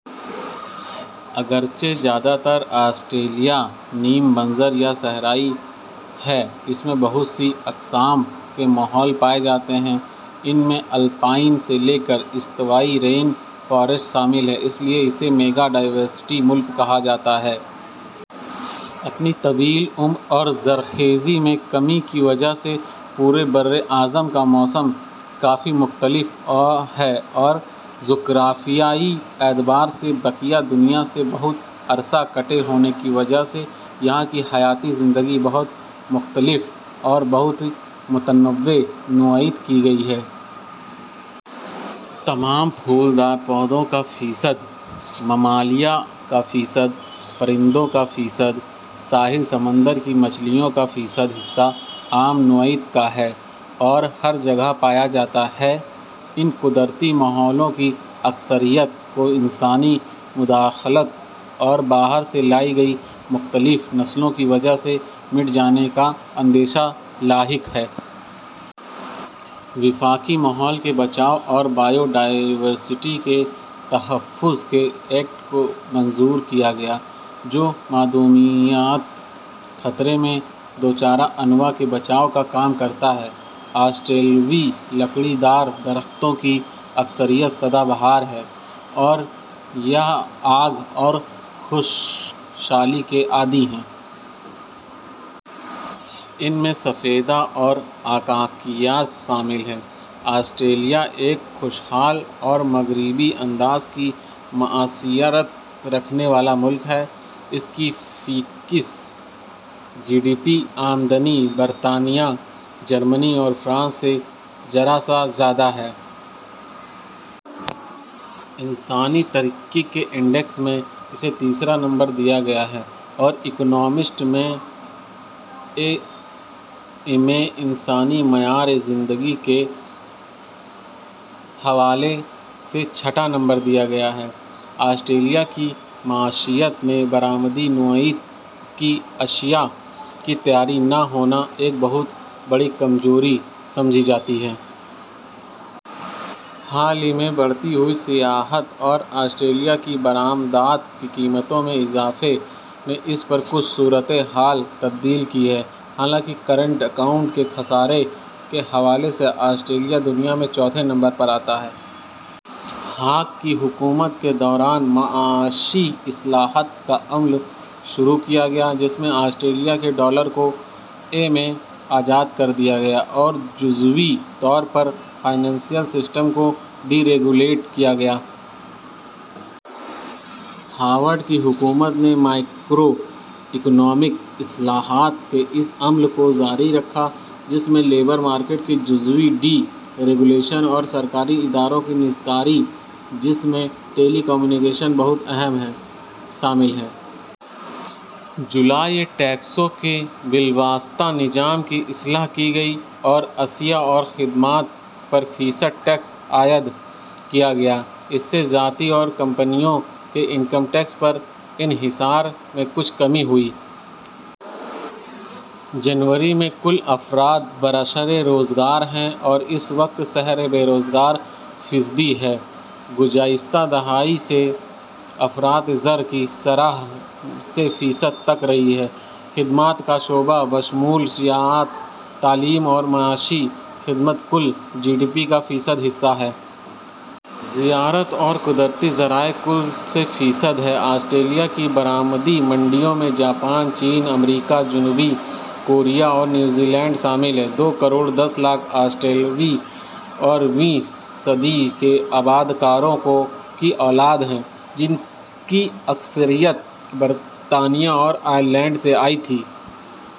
اگرچہ زیادہ تر آسٹریلیا نیم بنجر یا صحرائی ہے، اس میں بہت سی اقسام کے ماحول پائے جاتے ہیں۔ ان میں الپائن سے لے کر استوائی رین فارسٹ شامل ہیں۔ اس لیے اسے میگا ڈائورسٹی ملک کہا جاتا ہے۔ اپنی طویل عمر اور زرخیزی میں کمی کی وجہ سے پورے براعظم کا موسم کافی مختلف ہے اور جغرافیائی اعتبار سے بقیہ دنیا سے بہت عرصہ کٹے ہونے کی وجہ سے یہاں کی حیاتیاتی زندگی بہت مختلف اور بہت متنوع نوعیت کی ہے۔ تمام پھولدار پودوں کا فیصد، ممالیہ کا فیصد، پرندوں کا فیصد، ساحل سمندر کی مچھلیوں کا فیصد حصہ عام نوعیت کا ہے اور ہر جگہ پایا جاتا ہے۔ ان قدرتی ماحولوں کی اکثریت کو انسانی مداخلت اور باہر سے لائی گئی مختلف نسلوں کی وجہ سے مٹ جانے کا اندیشہ لاحق ہے۔ وفاقی ماحول کے بچاؤ اور بائیو ڈائورسٹی کے تحفظ کے ایکٹ کو ء میں منظور کیا گیا جو معدومیت کے خطرے سے دوچار انواع کے بچاؤ کا کام کرتا ہے۔ آسٹریلوی لکڑی دار درختوں کی اکثریت سدا بہار ہے اور یہ آگ اور خشک سالی کے عادی ہیں۔ ان میں سفیدہ اور آکاکیاس شامل ہیں۔ آسٹریلیا ایک خوش حال اور مغربی انداز کی معیشت رکھنے والا ملک ہے۔ اس کی فی کس جی ڈی پی آمدنی برطانیہ، جرمنی اور فرانس سے ذرا سا زیادہ ہے۔ انسانی ترقی کے انڈیکس میں اسے تیسرا نمبر دیا گیا ہے۔ اکانومسٹ نے ء میں انسانی معیار زندگی کے ھوالے سے چھٹا نمبر دیا ہے۔ آسٹریلیا کی معیشت میں برآمدی نوعیت کی اشیا کی تیاری نہ ہونا ایک بہت بڑی کمزوری سمجھی جاتی ہے۔ حال ہی میں بڑھتی ہوئی سیاحت اور آسٹریلیا کی برآمدات کی قیمتوں میں اضافے نے اس پر کچھ صورت حال تبدیل کی ہے۔ تاہم کرنٹ اکاؤنٹ کے خسارے کے حوالے سے آسٹریلیا دنیا میں چوتھے نمبر پر آتا ہے۔ ہاک کی حکومت کے دوران معاشی اصلاحات کا عمل شروع کیا گیا جس میں آسٹریلیا کے ڈالر کو ء میں آزاد کر دیا گیا اور جزوی طور پر فنانشل سسٹم کو ڈی ریگولیٹ کیا گیا۔ ہاورڈ کی حکومت نے مائیکرواکنامک اصلاحات کے اس عمل کو جاری رکھا جس میں لیبر مارکیٹ کی جزوی ڈی ریگولیشن اور سرکاری اداروں کی نجکاری، جس میں ٹیلی کمیونیکیشن بہت اہم ہے، شامل ہیں۔ جولائی ء میں ٹیکسوں کے بالواسطہ نظام کی اصلاح کی گئی اوراشیا اور خدمات پر فیصد ٹیکس عائد کیا گیا۔ اس سے ذاتی اور کمپنیوں کے انکم ٹیکس پر انحصار میں کچھ کمی ہوئی۔ جنوری میں کل افراد برسر روزگار ہیں اور اس وقت شرح بے روزگاری ٫ فیصدی ہے۔ گذشتہ دہائی سے افراط زر کی شرح سے فیصد تک رہی ہے۔ خدمات کا شعبہ بشمول سیاحت، تعلیم اور معاشی خدمات کل جی ڈی پی کا فیصد حصہ ہیں۔ زراعت اور قدرتی ذرائع کل سے فیصد ہیں۔ آسٹریلیا کی برآمدی منڈیوں میں جاپان، چین ، امریکا، جنوبی کوریا اور نیوزی لینڈ شامل ہیں۔ دو کروڑ دس لاکھ آسٹریلوی ویں اور ویں صدی کے آبادکاروں کی اولاد ہیں جن کی اکثریت برطانیہ اور آئرلینڈ سے آئی تھی۔